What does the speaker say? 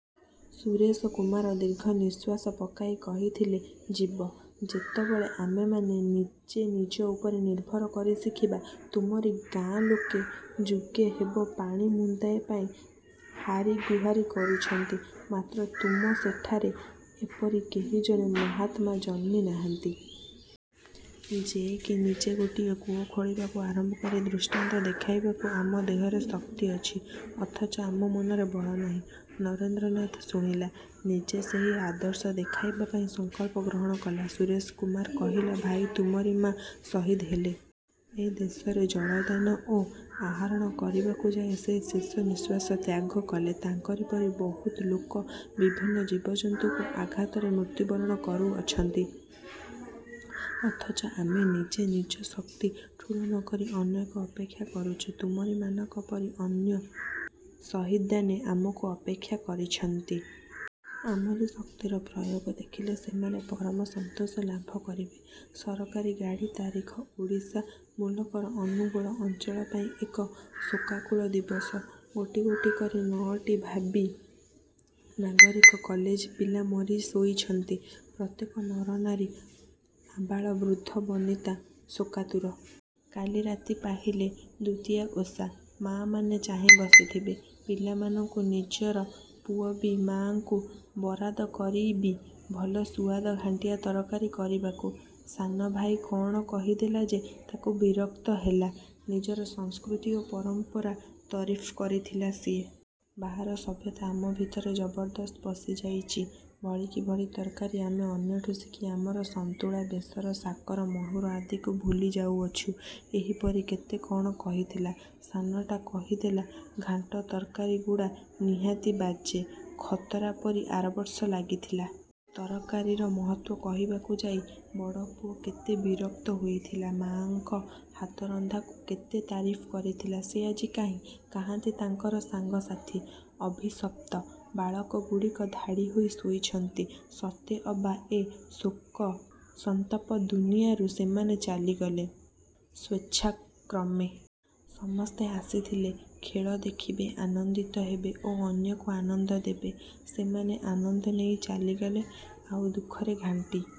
ସୁରେଶ କୁମାର ଦୀର୍ଘ ନିଶ୍ୱାସ ପକାଇ କହିଥିଲେ—ଯିବ। ଯେତେବେଳେ ଆମେମାନେ ନିଜେ ନିଜ ଉପରେ ନିର୍ଭର କରିଶିଖିବା। ତୁମରି ଗାଁ ଲୋକେ ଯୁଗେ ହେବ ପାଣି ମୁନ୍ଦାଏ ପାଇଁ ହାରି ଗୁହାରୀ କରୁଚନ୍ତି; ମାତ୍ର ତୁମ ସେଠାରେ ଏପରି କେହି ଜଣେ ମାହାତ୍ମା ଜନ୍ମି ନାହାନ୍ତି। ଯେକି ନିଜେ ଗୋଟିଏ କୂଅ ଖୋଳିବାକୁ ଆରମ୍ଭ କରି ଦୃଷ୍ଟାନ୍ତ ଦେଖାଇବାକୁ। ଆମ ଦେହରେ ଶକ୍ତି ଅଛି; ଅଥଚ ଆମ ମନରେ ବଳନାହିଁ। ନରେନ୍ଦ୍ରନାଥ ଶୁଣିଲା। ନିଜେ ସେହି ଆଦର୍ଶ ଦେଖାଇବା ପାଇଁ ସଂକଳ୍ପ ଗ୍ରହଣ କଲା। ସୁରେଶ କୁମାର କହିଲା—ଭାଇ, ତୁମରି ମା ଶହୀଦ୍ ହେଲେ। ଏ ଦେଶରେ ଜଳଦାନ ଓ ଆହରଣ କରିବାକୁ ଯାଇ ସେ ଶେଷ ନିଶ୍ୱାସ ତ୍ୟାଗକଲେ। ତାଙ୍କରି ପରି ବହୁତ ଲୋକ ବିଭିନ୍ନ ଜୀବଜନ୍ତୁଙ୍କୁ ଆଘାତରେ ମୃତ୍ୟୁ ବରଣ କରୁଅଛନ୍ତି। ଅଥଚ ଆମେ ନିଜେ ନିଜ ଶକ୍ତି ଠୁଳ ନ କରି ଅନ୍ୟକୁ ଅପେକ୍ଷା କରୁଚୁ। ତୁମରିମାନଙ୍କ ପରି ଅନ୍ୟ ଶହୀଦ୍ମାନେ ଆମକୁ ଅପେକ୍ଷା କରିଛନ୍ତି। ଆମରି ଶକ୍ତିର ପ୍ରୟୋଗ ଦେଖିଲେ ସେମାନେ ପରମ ସନ୍ତୋଷ ଲାଭ କରିବେ। ସରକାରୀ ଗାଡ଼ି ତାରିଖ ଓଡ଼ିଶା ମୂଲକର ଅନୁଗୁଳ ଅଞ୍ଚଳ ପାଇଁ ଏକ ଶୋକାକୁଳ ଦିବସ। ଗୋଟି ଗୋଟି କରି ନଅଟି ଭାବୀ ନାଗରିକ କଲେଜ ପିଲା ମରି ଶୋଇଛନ୍ତି। ପ୍ରତ୍ୟେକ ନର ନାରୀ, ଆବାଳ ବୃଦ୍ଧ ବନିତା ଶୋକାତୁର। କାଲି ରାତି ପାହିଲେ ଦୁତୀୟା ଓଷା। ମା' ମାନେ ଚାହିଁ ବସିଥିବେ ପିଲାମାନଙ୍କୁ। ନିଜର ପୁଅ ବି ମାଙ୍କୁ ବରାଦ କରିବି ଭଲ ସୁଆଦ ଘାଣ୍ଟିଆ ତରକାରୀ କରିବାକୁ। ସାନ ଭାଇ କ'ଣ କହି ଦେଲା ଯେ, ତାକୁ ବିରକ୍ତ ହେଲା। ନିଜର ସଂସ୍କୃତି ଓ ପରମ୍ପରା ତରିଫ କରିଥିଲା ସିଏ। ବାହାର ସଭ୍ୟତା ଆମ ଭିତରେ ଜବରଦସ୍ତ ପଶିଯାଇଛି। ଭଳିକି ଭଳି ତରକାରୀ ଆମେ ଅନ୍ୟଠୁ ଶିଖି ଆମର ସନ୍ତୁଳା, ବେସର, ସାକର, ମହୁର ଆଦିକୁ ଭୁଲି ଯାଉଅଛୁ। ଏହିପରି କେତେ କ'ଣ କହିଥିଲା। ସାନଟା କହିଦେଲା— ଘାଣ୍ଟ ତରକାରୀ ଗୁଡ଼ା ନିହାତି ବାଜେ, ଖତରା ପରି ଆରବର୍ଷ ଲାଗିଥିଲା। ତରକାରୀର ମହତ୍ତ୍ୱ କହିବାକୁ ଯାଇ ବଡ଼ ପୁଅ କେତେ ବିରକ୍ତ ହୋଇଥିଲା। ମା'ଙ୍କ ହାତ ରନ୍ଧାକୁ କେତେ ତାରିଫ କରିଥିଲା। ସେ ଆଜି କାହିଁ? କାହାନ୍ତି ତାଙ୍କର ସାଙ୍ଗ ସାଥୀ? ଅଭିଶପ୍ତ ବାଳକଗୁଡ଼ିକ ଧାଡ଼ି ହୋଇ ଶୋଇଛନ୍ତି। ସତେ ଅବା ଏ ଶୋକ ସନ୍ତପ ଦୁନିଆରୁ ସେମାନେ ଚାଲିଗଲେ ସ୍ୱେଚ୍ଛାକ୍ରମେ-। ସମସ୍ତେ ଆସିଥିଲେ ଖେଳ ଦେଖିବେ। ଆନନ୍ଦିତ ହେବେ ଓ ଅନ୍ୟକୁ ଆନନ୍ଦ ଦେବେ-। ସେମାନେ ଆନନ୍ଦ ନେଇ ଚାଲିଗଲେ ଆଉ ଦୁଃଖରେ ଘାଣ୍ଟି